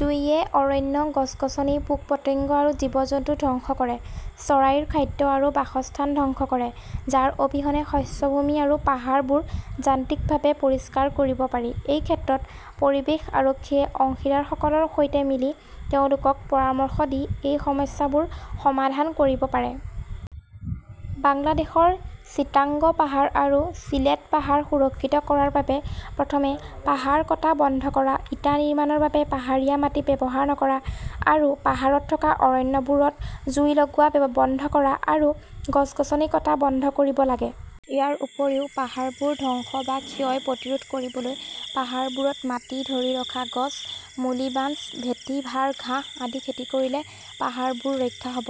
জুইয়ে অৰণ্য, গছ-গছনি, পোক-পতংগ আৰু জীৱ-জন্তু ধ্বংস কৰে, চৰাইৰ খাদ্য আৰু বাসস্থান ধ্বংস কৰে, যাৰ অবিহনে শস্যভূমি আৰু পাহাৰবোৰ যান্ত্ৰিকভাৱে পৰিষ্কাৰ কৰিব পাৰি। এই ক্ষেত্ৰত পৰিৱেশ আৰক্ষীয়ে অংশীদাৰসকলৰ সৈতে মিলি তেওঁলোকক পৰামৰ্শ দি এই সমস্যাবোৰ সমাধান কৰিব পাৰে। বাংলাদেশৰ চিটাগং পাহাৰ আৰু চিলেট পাহাৰ সুৰক্ষিত কৰাৰ বাবে প্ৰথমে পাহাৰ কটা বন্ধ কৰা, ইটা নিৰ্মাণৰ বাবে পাহাৰীয়া মাটি ব্যৱহাৰ নকৰা, আৰু পাহাৰত থকা অৰণ্যবোৰত জুই লগোৱা বন্ধ কৰা আৰু গছ-গছনি কটা বন্ধ কৰিব লাগে। ইয়াৰ উপৰিও, পাহাৰবোৰ ধ্বংস বা ক্ষয় প্ৰতিৰোধ কৰিবলৈ পাহাৰবোৰত মাটি ধৰি ৰখা গছ, মুলিবাঞ্চ, ভেটিভাৰ ঘাঁহ আদি খেতি কৰিলে পাহাৰবোৰ ৰক্ষা হ'ব।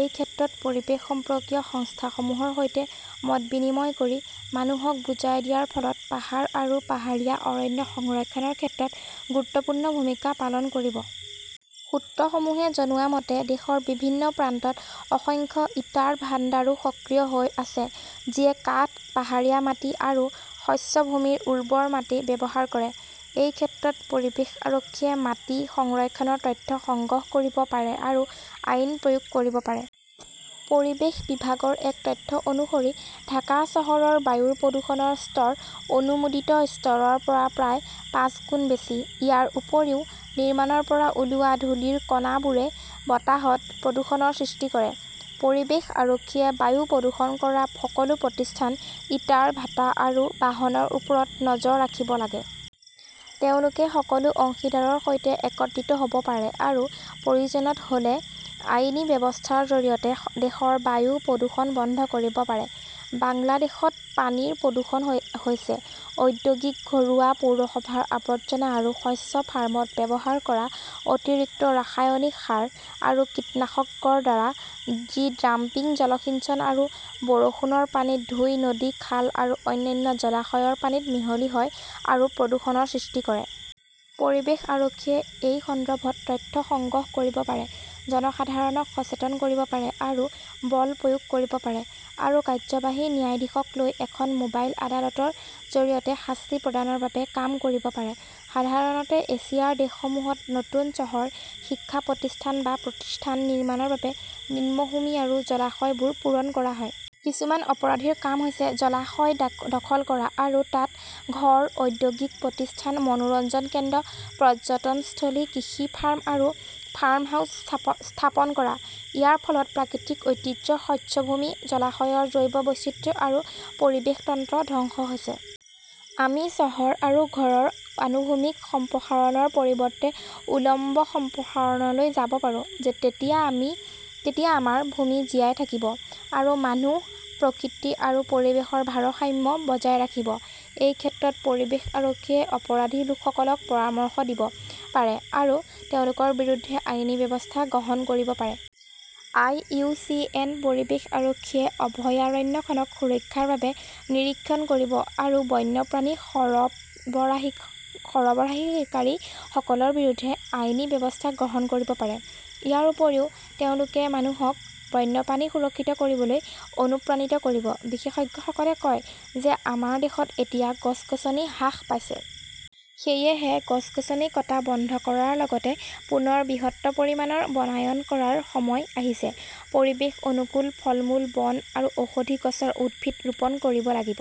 এই ক্ষেত্ৰত পৰিৱেশ সম্পৰ্কীয় সংস্থাসমূহৰ সৈতে মত বিনিময় কৰি মানুহক বুজাই দিয়াৰ ফলত পাহাৰ আৰু পাহাৰীয়া অৰণ্য সংৰক্ষণৰ ক্ষেত্ৰত গুৰুত্বপূৰ্ণ ভূমিকা পালন কৰিব। সূত্ৰসমূহে জনোৱা মতে, দেশৰ বিভিন্ন প্ৰান্তত অসংখ্য ইটাৰ ভাণ্ডাৰো সক্ৰিয় হৈ আছে, যিয়ে কাঠ, পাহাৰীয়া মাটি আৰু শস্য ভূমিৰ উৰ্বৰ মাটি ব্যৱহাৰ কৰে। এই ক্ষেত্ৰত পৰিৱেশ আৰক্ষীয়ে মাটি সংৰক্ষণৰ তথ্য সংগ্ৰহ কৰিব পাৰে আৰু আইন প্ৰয়োগ কৰিব পাৰে। পৰিৱেশ বিভাগৰ এক তথ্য অনুসৰি ঢাকা চহৰৰ বায়ুৰ প্ৰদূষণৰ স্তৰ অনুমোদিত স্তৰৰ পৰা প্ৰায় পাঁচগুণ বেছি। ইয়াৰ উপৰিও, নিৰ্মাণৰ পৰা ওলোৱা ধূলিৰ কণাবোৰে বতাহত প্ৰদূষণৰ সৃষ্টি কৰে। পৰিৱেশ আৰক্ষীয়ে বায়ু প্ৰদূষণ কৰা সকলো প্ৰতিষ্ঠান, ইটাৰ ভাটা আৰু বাহনৰ ওপৰত নজৰ ৰাখিব লাগে। তেওঁলোকে সকলো অংশীদাৰৰ সৈতে একত্ৰিত হ 'ব পাৰে আৰু প্ৰয়োজন হ' লে আইনী ব্যৱস্থাৰ জৰিয়তে দেশৰ বায়ু প্ৰদূষণ বন্ধ কৰিব পাৰে। বাংলাদেশত পানীৰ প্ৰদূষণ হৈছে ঔদ্যোগিক, ঘৰুৱা, পৌৰসভাৰ আৱৰ্জনা আৰু শস্য ফাৰ্মত ব্যৱহাৰ কৰা অতিৰিক্ত ৰাসায়নিক সাৰ আৰু কীটনাশকৰ দ্বাৰা যি ডাম্পিং, জলসিঞ্চন আৰু বৰষুণৰ পানীত ধুই নদী, খাল আৰু অন্যান্য জলাশয়ৰ পানীত মিহলি হয় আৰু প্ৰদূষণৰ সৃষ্টি কৰে। পৰিৱেশ আৰক্ষীয়ে এই সন্দৰ্ভত তথ্য সংগ্ৰহ কৰিব পাৰে, জনসাধাৰণক সচেতন কৰিব পাৰে আৰু বল প্ৰয়োগ কৰিব পাৰে আৰু কাৰ্যবাহী ন্যায়াধীশক লৈ এখন মোবাইল আদালতৰ জৰিয়তে শাস্তি প্ৰদানৰ বাবে কাম কৰিব পাৰে। সাধাৰণতে এছিয়াৰ দেশসমূহত নতুন চহৰ, শিক্ষা প্ৰতিষ্ঠান বা প্ৰতিষ্ঠান নিৰ্মাণৰ বাবে নিম্নভূমি আৰু জলাশয়বোৰ পূৰণ কৰা হয়। কিছুমান অপৰাধীৰ কাম হৈছে জলাশয় দখল কৰা আৰু তাত ঘৰ, ঔদ্যোগিক প্ৰতিষ্ঠান, মনোৰঞ্জন কেন্দ্ৰ, পৰ্যটনস্থলী, কৃষি ফাৰ্ম আৰু ফাৰ্ম হাউচ স্থাপন কৰা। ইয়াৰ ফলত প্ৰাকৃতিক ঐতিহ্য, শস্য ভূমি, জলাশয়ৰ জৈৱ বৈচিত্ৰ্য আৰু পৰিৱেশ তন্ত্ৰ ধ্বংস হৈছে। আমি চহৰ আৰু ঘৰৰ আনুভূমিক সম্প্ৰসাৰণৰ পৰিৱৰ্তে উলম্ব সম্প্ৰসাৰণলৈ যাব পাৰোঁ। তেতিয়া আমাৰ ভূমি জীয়াই থাকিব, আৰু মানুহ, প্ৰকৃতি আৰু পৰিৱেশৰ ভাৰসাম্য বজাই ৰাখিব। এই ক্ষেত্ৰত পৰিৱেশ আৰক্ষীয়ে অপৰাধী লোকসকলক পৰামৰ্শ দিব পাৰে আৰু তেওঁলোকৰ বিৰুদ্ধে আইনী ব্যৱস্থা গ্ৰহণ কৰিব পাৰে। আই. ইউ. চি. এন. পৰিৱেশ আৰক্ষীয়ে অভয়াৰণ্যখনৰ সুৰক্ষাৰ বাবে নিৰীক্ষণ কৰিব আৰু বন্যপ্ৰাণী সৰবৰাহকাৰী সকলৰ বিৰুদ্ধে আইনী ব্যৱস্থা গ্ৰহণ কৰিব পাৰে। ইয়াৰ উপৰিও তেওঁলোকে মানুহক বন্যপ্ৰাণী সুৰক্ষিত কৰিবলৈ অনুপ্ৰাণিত কৰিব। বিশেষজ্ঞসকলে কয় যে আমাৰ দেশত এতিয়া গছ-গছনি হ্ৰাস পাইছে। সেয়েহে গছ-গছনি কটা বন্ধ কৰাৰ লগতে পুনৰ বৃহৎ পৰিমাণৰ বনায়ন কৰাৰ সময় আহিছে। পৰিৱেশ অনুকূল, ফলমূল, বন আৰু ঔষধি গছৰ উদ্ভিদ ৰোপণ কৰিব লাগিব।